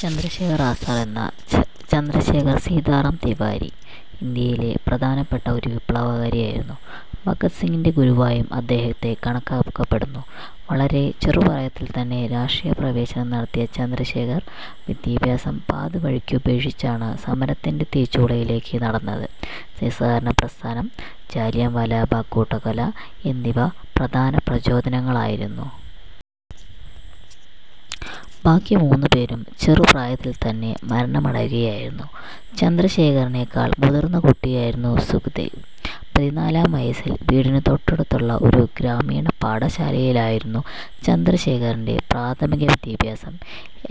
ചന്ദ്രശേഖർ ആസാദ് എന്ന ചന്ദ്രശേഖർ സീതാറാം തിവാരി, ഇന്ത്യയിലെ പ്രധാനപ്പെട്ട ഒരു വിപ്ലവകാരിയായിരുന്നു. ഭഗത് സിംഗിന്റെ ഗുരുവായും അദ്ദേഹത്തെ കണക്കാക്കപ്പെടുന്നു. വളരെ ചെറുപ്രായത്തിൽ തന്നെ രാഷ്ട്രീയ പ്രവേശനം നടത്തിയ ചന്ദ്രശേഖർ വിദ്യാഭ്യാസം പാതിവഴിക്കുപേക്ഷിച്ചാണ് സമരത്തിന്റെ തീച്ചൂളയിലേക്ക് നടന്നത്. നിസ്സഹകരണപ്രസ്ഥാനം, ജാലിയൻവാലാബാഗ് കൂട്ടക്കൊല എന്നിവ പ്രധാന പ്രചോദനങ്ങളായിരുന്നു. ബാക്കി മൂന്നുപേരും ചെറുപ്രായത്തിൽ തന്നെ മരണമടയുകയായിരുന്നു. ചന്ദ്രശേഖറിനേക്കാൾ മുതിർന്ന കുട്ടിയായിരുന്നു സുഖ്ദേവ്. പതിനാലാം വയസ്സിൽ വീടിനു തൊട്ടടുത്തുള്ള ഒരു ഗ്രാമീണപാഠശാലയിലായിരുന്നു ചന്ദ്രശേഖറിന്റെ പ്രാഥമിക വിദ്യാഭ്യാസം.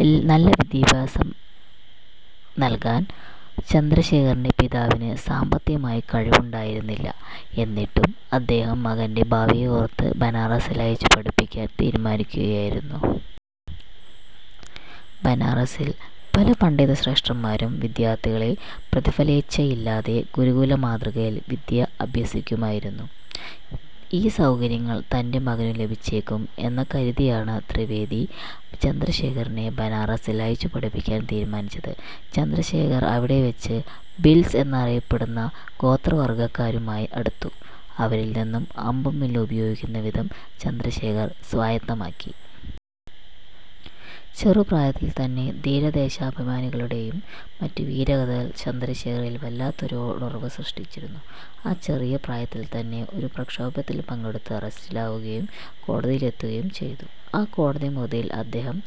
എല്ല നല്ല വിദ്യാഭ്യാസം നൽകാൻ ചന്ദ്രശേഖറിന്റെ പിതാവിന് സാമ്പത്തികമായ കഴിവുണ്ടായിരുന്നില്ല. എന്നിട്ടും അദ്ദേഹം മകന്റെ ഭാവിയെ ഓർത്ത് ബനാറസിൽ അയച്ചു പഠിപ്പിക്കാൻ തീരുമാനിക്കുകയായിരുന്നു. ബനാറസിൽ പല പണ്ഡിതശ്രേഷ്ഠന്മാരും വിദ്യാർത്ഥികളെ പ്രതിഫലേച്ഛയില്ലാതെ ഗുരുകുല മാതൃകയിൽ വിദ്യ അഭ്യസിക്കുമായിരുന്നു. ഈ സൗകര്യങ്ങൾ തന്റെ മകനു ലഭിച്ചേക്കും എന്നു കരുതിയാണ് ത്രിവേദി ചന്ദ്രശേഖറിനെ ബനാറസിൽ അയച്ചു പഠിപ്പിക്കാൻ തീരുമാനിച്ചത്. ചന്ദ്രശേഖർ അവിടെ വച്ച് ഭിൽസ് എന്നറിയപ്പെടുന്ന ഗോത്രവർഗ്ഗക്കാരുമായി അടുത്തു, അവരിൽ നിന്നും അമ്പും വില്ലും ഉപയോഗിക്കുന്ന വിധം ചന്ദ്രശേഖർ സ്വായത്തമാക്കി. ചെറുപ്രായത്തിൽ തന്നെ ധീരദേശാഭിമാനികളുടേയും മറ്റും വീരകഥകൾ ചന്ദ്രശേഖറിൽ വല്ലാത്തൊരു ഉണർവ് സൃഷ്ടിച്ചിരുന്നു. ആ ചെറിയ പ്രായത്തിൽ തന്നെ ഒരു പ്രക്ഷോഭത്തിൽ പങ്കെടുത്ത് അറസ്റ്റിലാവുകയും കോടതിയിലെത്തുകയും ചെയ്തു. ആ കോടതിമുറിയിൽ അദ്ദേഹം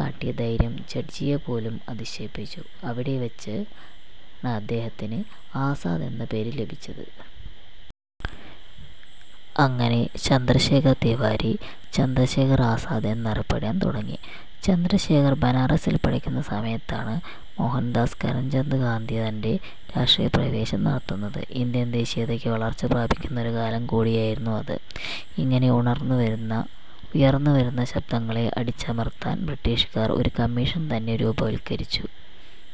കാട്ടിയ ധൈര്യം ജഡ്ജിയെപ്പോലും അതിശയിപ്പിച്ചു. അവിടെ വച്ചാണ് അദ്ദേഹത്തിന് 'ആസാദ്' എന്ന പേര് ലഭിച്ചത്. അങ്ങനെ ചന്ദ്രശേഖർ തിവാരി, ചന്ദ്രശേഖർ ആസാദ് എന്നറിപ്പെടാൻ തുടങ്ങി. ചന്ദ്രശേഖർ ബനാറസിൽ പഠിക്കുന്ന സമയത്താണ് മോഹൻദാസ് കരംചന്ദ് ഗാന്ധി തന്റെ രാഷ്ട്രീയപ്രവേശം നടത്തുന്നത്. ഇന്ത്യൻ ദേശീയതക്ക് വളർച്ച പ്രാപിക്കുന്നൊരു കാലം കൂടിയായിരുന്നു അത്. ഇങ്ങനെ ഉണർന്നു വരുന്ന ഉയർന്നു വരുന്ന ശബ്ദങ്ങളെ അടിച്ചമർത്താൻ ബ്രിട്ടീഷുകാർ ഒരു കമ്മീഷൻ തന്നെ രൂപവത്കരിച്ചു.